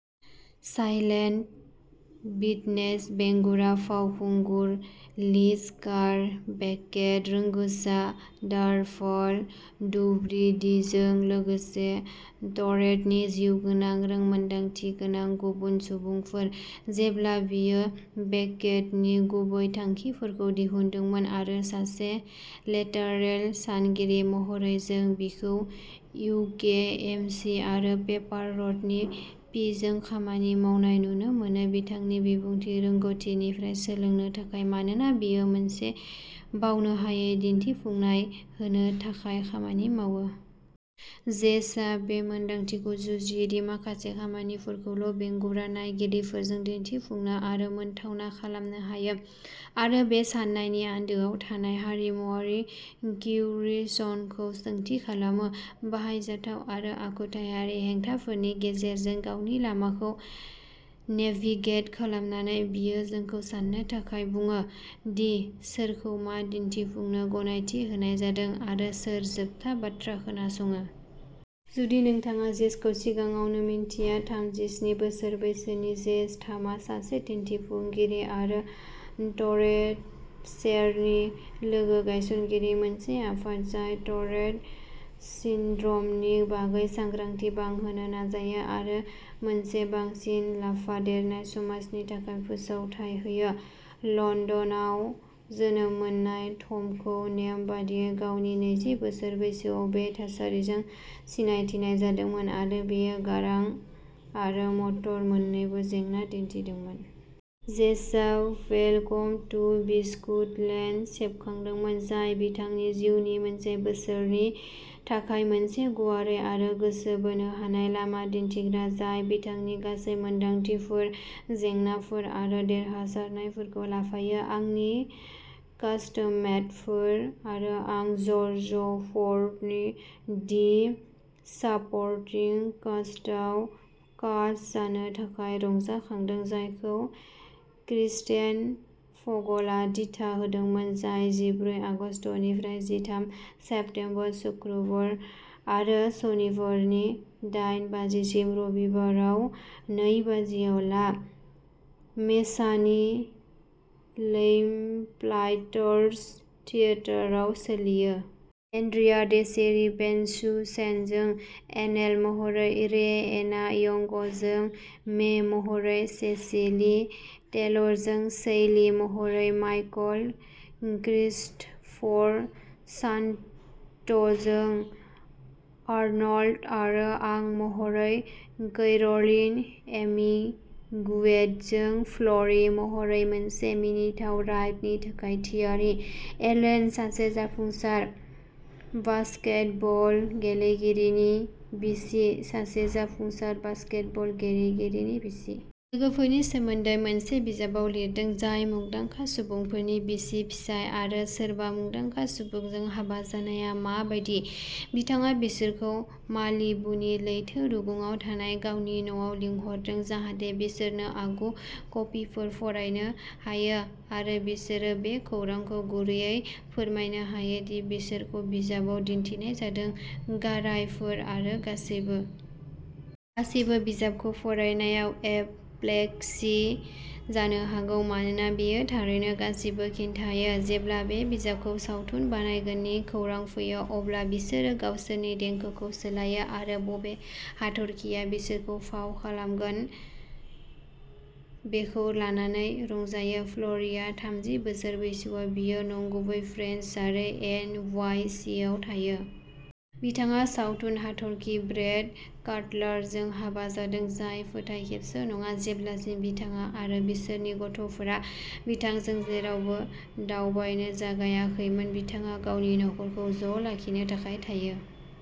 Silent Witness बेंगुरा फावखुंगुर Liz Carr, बेकेट रोंग'सा दारभाल दुब्रिडीजों लोगोसे दरेटनि जिउगोनां रोंमोनदांथि गोनां गुबुन सुबुंफोर, जेब्ला बियो बेकेटनि गुबै थांखिफोरखौ दिहुनदोंमोन। आरो सासे लेटारेल सानगिरि महरै जों बिखौ इउके एमसि आरो पेपार रडनि पिजों खामानि मावनाय नुनो मोनो, बिथांनि बिबुंथि रोंग'थिनिफ्राय सोलोंनो थाखाय, मानोना बियो मोनसे बावनो हायै दिन्थिफुंनाय होनो थाखाय खामानि मावो। जेसआ बे मोनदांथिखौ जुजियो दि माखासे खामानिफोरखौल' बेंगुरा नायगिरिफोरजों दिन्थिफुंनो आरो मोनथावना खालामनो हायो आरो बे साननायनि आन्दोआव थानाय हारिमुआरि क्यूरेशनखौ सोंथि खालामो। बाहायजाथाव आरो आखुथायारि हेंथाफोरनि गेजेरजों गावनि लामाखौ नेभिगेट खालामनानै, बियो जोंखौ सान्नो थाखाय बुङो दि सोरखौ मा दिन्थिफुंनो गनायथि होनाय जादों आरो सोर जोबथा बाथ्रा खोनासङो। जुदि नोंथाङा जेसखौ सिगाङावनो मिन्थिया थामजिस्नि बोसोर बैसोनि जेस थमआ सासे दिन्थिफुंगिरि आरो दरेटशेर'नि लोगो-गायसनगिरि, मोनसे आफाद जाय टरेट सिन्ड्रमनि बागै सांग्रांथि बांहोनो नाजायो आरो मोनसे बांसिन लाफादेरनाय समाजनि थाखाय फोसावथाय होयो। लण्डनाव जोनोम मोननाय थ'मखौ नेम बायदियै गावनि नैजि बोसोर बैसोआव बे थासारिजों सिनायथिनाय जादोंमोन आरो बियो गारां आरो मटर मोन्नैबो जेंना दिन्थिदोंमोन। जेसआ वेलकम टु बिस्कुट लेन्ड सेबखांदोंमोन, जाय बिथांनि जिउनि मोनसे बोसोरनि थाखाय मोनसे गुवारै आरो गोसो बोनो हानाय लामा दिन्थिग्रा, जाय बिथांनि गासै मोनदांथिफोर, जेंनाफोर आरो देरहासारनायफोरखौ लाफायो। आंनि कास्टमेटफोर आरो आं जर्ज फर्थनि दि साप'र्टिं कास्टआव कास्ट जानो थाखाय रंजाखांदों, जायखौ क्रिस्टेन फगलआ दिथा होदोंमोन, जाय जिब्रै आगस्तनिफ्राय जिथाम सेप्तेम्बर शुक्रबार आरो सनिबारनि डाइन बाजिसिम, रबिबारआव नै बाजिआव ला मेसानि लैम्प्लाइटार्स थियेटारआव सोलियो। एन्ड्रिया डेसिरी बेनसुसेनजों एलेन महरै रे-एना यंगजों मे महरै, सेसिली टेलरजों सैली महरै, माइकल क्रिस्ट'फर शान्ट्जजों आर्नल्ड आरो आं महरै, कैर'लिन एमिगुएटजों फ्ल'री महरै। मोनसे मिनिथाव राइडनि थाखाय थियारि? एलेन, सासे जाफुंसार बास्केटबल गेलेगिरिनि बिसि, सासे जाफुंसार बास्केटबल गेलेगिरिनि बिसि। लोगोफोरनि सोमोन्दै मोनसे बिजाब लिरदों, जाय मुंदांखा सुबुंफोरनि बिसि-फिसाय आरो सोरबा मुंदांखा सुबुंजों हाबा जानाया मा बायदि। बिथाङा बिसोरखौ मालिबुनि लैथो रुगुंआव थानाय गावनि न'आव लिंहरदों, जाहाथे बिसोरनो आगु कपिफोर फरायनो हायो आरो बिसोरनो बे खौरांखौ गुरैयै फोरमायनो हायो दि बिसोरखौ बिजाबाव दिन्थिनाय जादों, गारायफोर आरो गासैबो। गासैबो बिजाबखौ फरायनायाव एप'प्लेक्सि जानो हागौ मानोना बेयो थारैनो गासिबो खिन्थायो। जेब्ला बे बिजाबखौ सावथुन बानायगोननि खौरां फैयो, अब्ला बिसोरो गावसोरनि देंखोखौ सोलायो आरो बबे हाथरखिआ बिसोरखौ फाव खालामगोन बेखौ लानानै रंजायो। फ्ल'रिआ थामजि बोसोर बैसोआव बियो नंगुबै, फ्रेन्स आरो एन वाइ सि आव थायो। बिथाङा सावथुन हाथरखि ब्रेड काटलारजों हाबा जादों, जाय फोथाय खेबस' नङा, जेब्लासिम बिथाङा आरो बिसोरनि गथ'फोरा बिथांजों जेरावबो दावबायनो जागायाखैमोन। बिथाङा गावनि नखरखौ ज' लाखिनो थाखाय थायो।